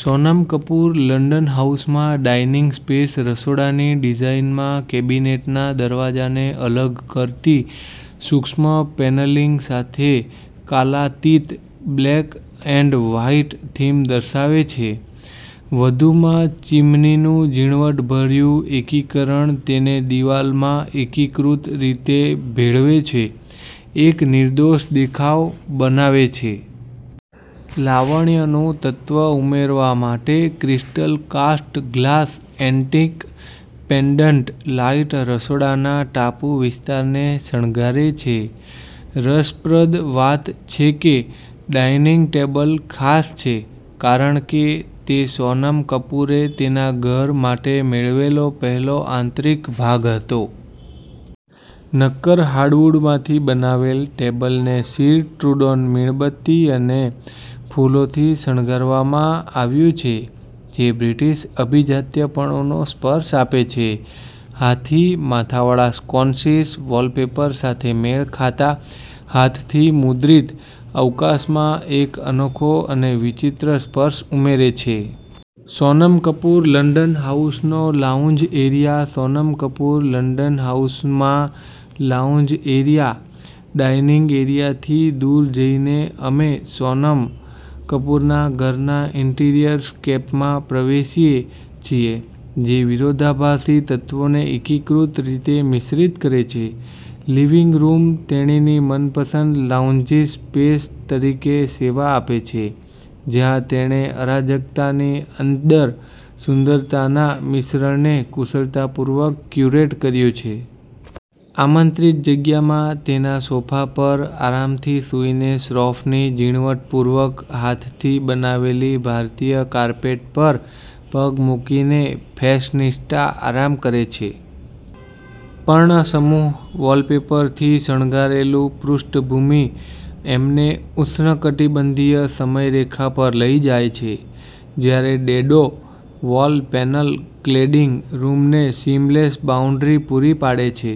Sonam Kapoor London હાઉસમાં dining space રસોડાની ડિઝાઇનમાં કેબિનેટના દરવાજાને અલગ કરતી સૂક્ષ્મ પેનલિંગ સાથે કાલાતીત બ્લેક એન્ડ વ્હાઇટ થીમ દર્શાવે છે. વધુમાં, ચીમનીનું ઝીણવટભર્યું એકીકરણ તેને દિવાલમાં એકીકૃત રીતે ભેળવે છે, એક નિર્દોષ દેખાવ બનાવે છે. લાવણ્યનું તત્વ ઉમેરવા માટે, crystal cast glass antique pendant light રસોડાના ટાપુ વિસ્તારને શણગારે છે. રસપ્રદ વાત છે કે, ડાઇનિંગ ટેબલ ખાસ છે કારણ કે તે સોનમ કપૂરે તેના ઘર માટે મેળવેલો પહેલો આંતરિક ભાગ હતો. નક્કર હાર્ડવુડમાંથી બનાવેલ, ટેબલને સિર ટ્રુડોન મીણબત્તી અને ફૂલોથી શણગારવામાં આવ્યું છે, જે બ્રિટિશ અભિજાત્યપણુનો સ્પર્શ આપે છે. હાથી-માથાવાળા સ્કોન્સીસ, વૉલપેપર સાથે મેળ ખાતા હાથથી મુદ્રિત, અવકાશમાં એક અનોખો અને વિચિત્ર સ્પર્શ ઉમેરે છે. સોનમ કપૂર લંડન હાઉસનો lounge area Sonam Kapoor London હાઉસમાં લાઉન્જ એરિયા ડાઇનિંગ એરિયાથી દૂર જઈને, અમે સોનમ કપૂરના ઘરના ઈન્ટિરિયર સ્કેપમાં પ્રવેશીએ છીએ જે વિરોધાભાસી તત્વોને એકીકૃત રીતે મિશ્રિત કરે છે. લિવિંગ રૂમ તેણીની મનપસંદ લાઉન્જિંગ સ્પેસ તરીકે સેવા આપે છે, જ્યાં તેણે અરાજકતાની અંદર સુંદરતાના મિશ્રણને કુશળતાપૂર્વક ક્યુરેટ કર્યું છે. આમંત્રિત જગ્યામાં તેના સોફા પર આરામથી સૂઈને, શ્રોફની ઝીણવટપૂર્વક હાથથી બનાવેલી ભારતીય કાર્પેટ પર પગ મૂકીને ફેશનિસ્ટા આરામ કરે છે. પર્ણસમૂહ વૉલપેપરથી શણગારેલું પૃષ્ઠભૂમિ, અમને ઉષ્ણકટિબંધીય સમયરેખા પર લઈ જાય છે. જ્યારે ડેડો વોલ પેનલ ક્લેડીંગ રૂમને સીમલેસ બાઉન્ડ્રી પૂરી પાડે છે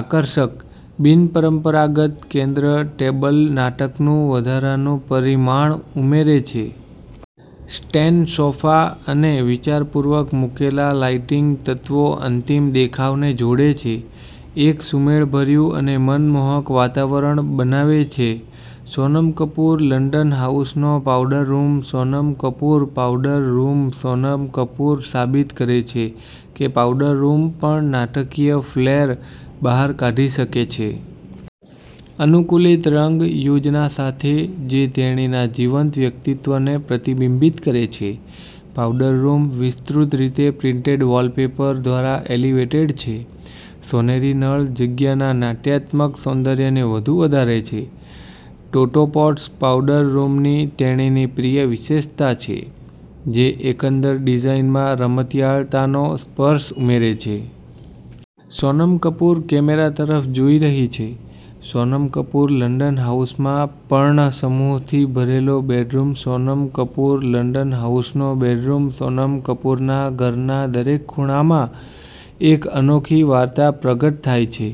આકર્ષક, બિનપરંપરાગત કેન્દ્ર ટેબલ નાટકનું વધારાનું પરિમાણ ઉમેરે છે. સ્ટેન સોફા અને વિચારપૂર્વક મૂકેલા લાઇટિંગ તત્વો અંતિમ દેખાવને જોડે છે, એક સુમેળભર્યું અને મનમોહક વાતાવરણ બનાવે છે. સોનમ કપૂર લંડન હાઉસનો powder room Sonam Kapoor powder room Sonam Kapoor સાબિત કરે છે કે પાઉડર રૂમ પણ નાટકીય ફ્લેર બહાર કાઢી શકે છે. અનુકૂલિત રંગ યોજના સાથે જે તેણીના જીવંત વ્યક્તિત્વને પ્રતિબિંબિત કરે છે, પાવડર રૂમ વિસ્તૃત રીતે પ્રિન્ટેડ વૉલપેપર દ્વારા એલિવેટેડ છે. સોનેરી નળ જગ્યાના નાટ્યાત્મક સૌંદર્યને વધુ વધારે છે. ટોટો પોટ્સ પાવડર રૂમની તેણીની પ્રિય વિશેષતા છે, જે એકંદર ડિઝાઇનમાં રમતિયાળતાનો સ્પર્શ ઉમેરે છે. સોનમ કપૂર કેમેરા તરફ જોઈ રહી છે સોનમ કપૂર લંડન હાઉસમાં પર્ણસમૂહથી ભરેલો બેડરૂમ સોનમ કપૂર લંડન હાઉસનો બેડરૂમ સોનમ કપૂરના ઘરના દરેક ખૂણામાં, એક અનોખી વાર્તા પ્રગટ થાય છે,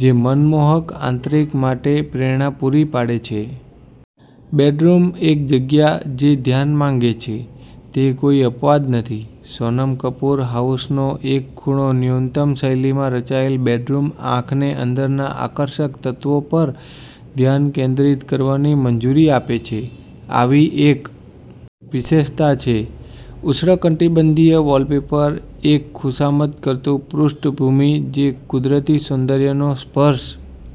જે મનમોહક આંતરિક માટે પ્રેરણા પૂરી પાડે છે. બેડરૂમ, એક જગ્યા જે ધ્યાન માંગે છે, તે કોઈ અપવાદ નથી. સોનમ કપૂર હાઉસનો એક ખૂણો ન્યૂનતમ શૈલીમાં રચાયેલ, બેડરૂમ આંખને અંદરના આકર્ષક તત્વો પર ધ્યાન કેન્દ્રિત કરવાની મંજૂરી આપે છે. આવી એક વિશેષતા છે ઉષ્ણકટિબંધીય વૉલપેપર, એક ખુશામત કરતું પૃષ્ઠભૂમિ જે કુદરતી સૌંદર્યનો સ્પર્શ